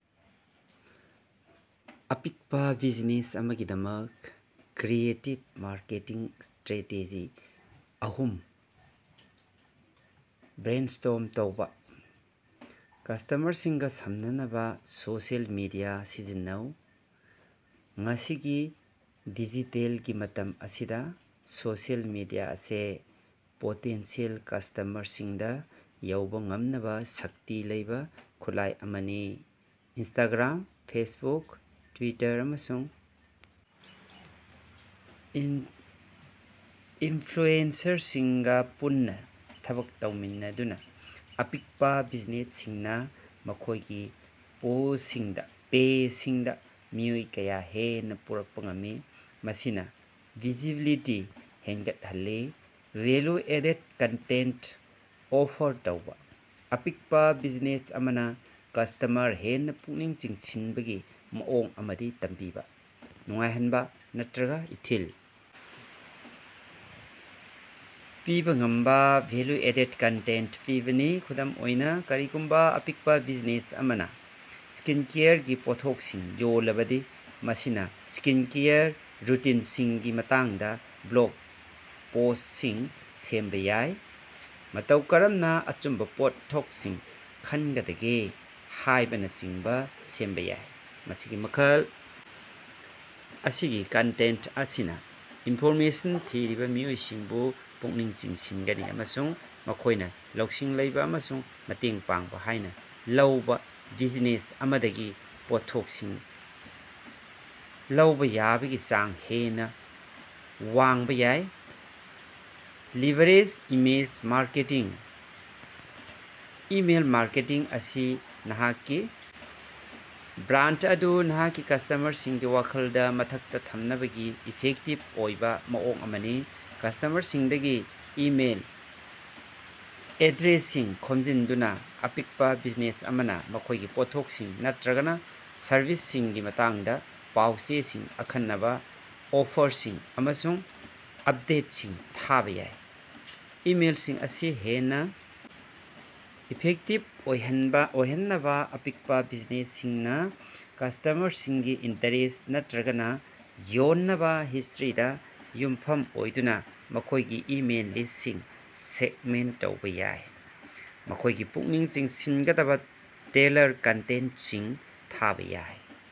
ꯑꯄꯤꯛꯄ ꯕꯤꯖꯤꯅꯦꯁ ꯑꯃꯒꯤꯗꯃꯛ creative marketing strategy ꯑꯍꯨꯝ ꯕ꯭ꯔꯦꯟꯁ꯭ꯇꯣꯔꯝ ꯇꯧꯕ꯫ ꯀꯁꯇꯃꯔꯁꯤꯡꯒ ꯁꯝꯅꯅꯕ ꯁꯣꯁꯤꯑꯦꯜ ꯃꯤꯗꯤꯌꯥ ꯁꯤꯖꯤꯟꯅꯧ: ꯉꯁꯤꯒꯤ ꯗꯤꯖꯤꯇꯦꯜꯒꯤ ꯃꯇꯝ ꯑꯁꯤꯗ ꯁꯣꯁꯤꯌꯦꯜ ꯃꯤꯗꯤꯌꯥ ꯑꯁꯤ ꯄꯣꯇꯦꯟꯁꯤꯌꯦꯜ ꯀꯁ꯭ꯇꯃꯔꯁꯤꯡꯗ ꯌꯧꯕ ꯉꯝꯅꯕ ꯁꯛꯇꯤ ꯂꯩꯕ ꯈꯨꯠꯂꯥꯏ ꯑꯃꯅꯤ꯫ ꯏꯟꯁꯇꯥꯒ꯭ꯔꯥꯝ, ꯐꯦꯁꯕꯨꯛ, ꯇ꯭ꯋꯤꯇꯔ, ꯑꯃꯁꯨꯡ ꯏꯟꯐ꯭ꯂꯨꯑꯦꯟꯁꯔꯁꯤꯡꯒ ꯄꯨꯟꯅ ꯊꯕꯛ ꯇꯧꯃꯤꯟꯅꯗꯨꯅ, ꯑꯄꯤꯛꯄ ꯕꯤꯖꯤꯅꯦꯁꯁꯤꯡꯅ ꯃꯈꯣꯏꯒꯤ ꯄꯦꯖꯁꯤꯡꯗ ꯃꯤꯑꯣꯏ ꯀꯌꯥ ꯍꯦꯟꯅ ꯄꯨꯔꯛꯄ ꯉꯝꯃꯤ, ꯃꯁꯤꯅ ꯚꯤꯖꯤꯕꯤꯂꯤꯇꯤ ꯍꯦꯟꯒꯠꯍꯜꯂꯤ꯫ ꯚꯦꯜꯌꯨ-ꯑꯦꯗꯦꯗ ꯀꯟꯇꯦꯟꯇ ꯑꯣꯐꯔ ꯇꯧꯕ: ꯑꯄꯤꯛꯄ ꯕꯤꯖꯤꯅꯦꯁ ꯑꯃꯅ ꯀꯁ꯭ꯇꯃꯔ ꯍꯦꯟꯅ ꯄꯨꯛꯅꯤꯡ ꯆꯤꯡꯁꯤꯟꯕꯒꯤ ꯃꯑꯣꯡ ꯑꯃꯗꯤ ꯇꯝꯕꯤꯕ, ꯅꯨꯡꯉꯥꯏꯍꯟꯕ ꯅꯠꯇ꯭ꯔꯒ ꯏꯊꯤꯜ ꯄꯤꯕ ꯉꯝꯕ ꯚꯦꯂ꯭ꯌꯨ-ꯑꯦꯗꯦꯗ ꯀꯟꯇꯦꯟꯇ ꯄꯤꯕꯅꯤ꯫ ꯈꯨꯗꯝ ꯑꯣꯏꯅ, ꯀꯔꯤꯒꯨꯝꯕ ꯑꯄꯤꯛꯄ ꯕꯤꯖꯤꯅꯦꯁ ꯑꯃꯅ ꯁ꯭ꯀꯤꯟꯀꯦꯌꯔꯒꯤ ꯄꯣꯠꯊꯣꯛꯁꯤꯡ ꯌꯣꯜꯂꯕꯗꯤ, ꯃꯁꯤꯅ ꯁ꯭ꯀꯤꯟꯀꯦꯌꯔ ꯔꯨꯇꯤꯟꯁꯤꯡꯒꯤ ꯃꯇꯥꯡꯗ ꯕ꯭ꯂꯣꯒ ꯄꯣꯁ꯭ꯇꯁꯤꯡ ꯁꯦꯝꯕ ꯌꯥꯏ, ꯃꯇꯧ ꯀꯔꯝꯅ ꯑꯆꯨꯝꯕ ꯄꯣꯠꯊꯣꯛꯁꯤꯡ ꯈꯟꯒꯗꯒꯦ ꯍꯥꯏꯕꯅ ꯆꯤꯡꯕ ꯁꯦꯝꯕ ꯌꯥꯏ꯫ ꯃꯁꯤꯒꯤ ꯃꯈꯜ ꯑꯁꯤꯒꯤ ꯀꯟꯇꯦꯟꯇ ꯑꯁꯤꯅ ꯏꯟꯐꯣꯔꯃꯦꯁꯟ ꯊꯤꯔꯤꯕ ꯃꯤꯑꯣꯏꯁꯤꯡꯕꯨ ꯄꯨꯛꯅꯤꯡ ꯆꯤꯡꯁꯤꯟꯒꯅꯤ, ꯑꯃꯁꯨꯡ ꯃꯈꯣꯏꯅ ꯂꯧꯁꯤꯡ ꯂꯩꯕ ꯑꯃꯁꯨꯡ ꯃꯇꯦꯡ ꯄꯥꯡꯕ ꯍꯥꯏꯅ ꯂꯧꯕ ꯕꯤꯖꯤꯅꯦꯁ ꯑꯃꯗꯒꯤ ꯄꯣꯠꯊꯣꯛꯁꯤꯡ ꯂꯧꯕ ꯌꯥꯕꯒꯤ ꯆꯥꯡ ꯍꯦꯟꯅ ꯋꯥꯡꯕ ꯌꯥꯏ꯫ Leverage email marketing: email marketing ꯑꯁꯤ ꯅꯍꯥꯛꯀꯤ ꯕ꯭ꯔꯥꯟꯗ ꯑꯗꯨ ꯅꯍꯥꯛꯀꯤ ꯀꯁ꯭ꯇꯃꯔꯁꯤꯡꯒꯤ ꯋꯥꯈꯜꯒꯤ ꯃꯊꯛꯇ ꯊꯝꯅꯕꯒꯤ ꯏꯐꯦꯛꯇꯤꯕ ꯑꯣꯏꯕ ꯃꯑꯣꯡ ꯑꯃꯅꯤ꯫ ꯀꯁ꯭ꯇꯃꯔꯁꯤꯡꯗꯒꯤ ꯏꯃꯦꯏꯜ ꯑꯦꯗ꯭ꯔꯦꯁꯁꯤꯡ ꯈꯣꯝꯖꯤꯟꯗꯨꯅ ꯑꯄꯤꯛꯄ ꯕꯤꯖꯤꯅꯦꯁ ꯑꯃꯅ ꯃꯈꯣꯏꯒꯤ ꯄꯣꯠꯊꯣꯛꯁꯤꯡ ꯅꯠꯇ꯭ꯔꯒ ꯁꯔꯚꯤꯁꯁꯤꯡꯒꯤ ꯃꯇꯥꯡꯗ ꯄꯥꯎ-ꯆꯦꯁꯤꯡ, ꯑꯈꯟꯅꯕ ꯑꯣꯐꯔꯁꯤꯡ, ꯑꯃꯁꯨꯡ ꯑꯞꯗꯦꯠꯁꯤꯡ ꯊꯥꯕ ꯌꯥꯏ꯫ ꯏꯃꯦꯏꯜꯁꯤꯡ ꯑꯁꯤ ꯍꯦꯟꯅ ꯏꯐꯦꯛꯇꯤꯕ ꯑꯣꯏꯍꯟꯅꯕ ꯑꯄꯤꯛꯄ ꯕꯤꯖꯤꯅꯦꯁꯁꯤꯡꯅ ꯀꯁ꯭ꯇꯃꯔꯁꯤꯡꯒꯤ ꯏꯟꯇ꯭ꯔꯦꯁ ꯅꯠꯇ꯭ꯔꯒ ꯌꯣꯟꯅꯕ ꯍꯤꯁꯇ꯭ꯔꯤꯗ ꯌꯨꯝꯐꯝ ꯑꯣꯏꯗꯨꯅ ꯃꯈꯣꯏꯒꯤ ꯏꯃꯦꯜ ꯂꯤꯁꯇꯁꯤꯡ ꯁꯦꯒꯃꯦꯟꯇ ꯇꯧꯕ ꯌꯥꯏ, ꯃꯈꯣꯏꯒꯤ ꯄꯨꯛꯅꯤꯡ ꯆꯤꯡꯁꯤꯟꯒꯗꯕ ꯇꯦꯜꯂꯔ ꯀꯟꯇꯦꯟꯇꯁꯤꯡ ꯊꯥꯕ ꯌꯥꯏ꯫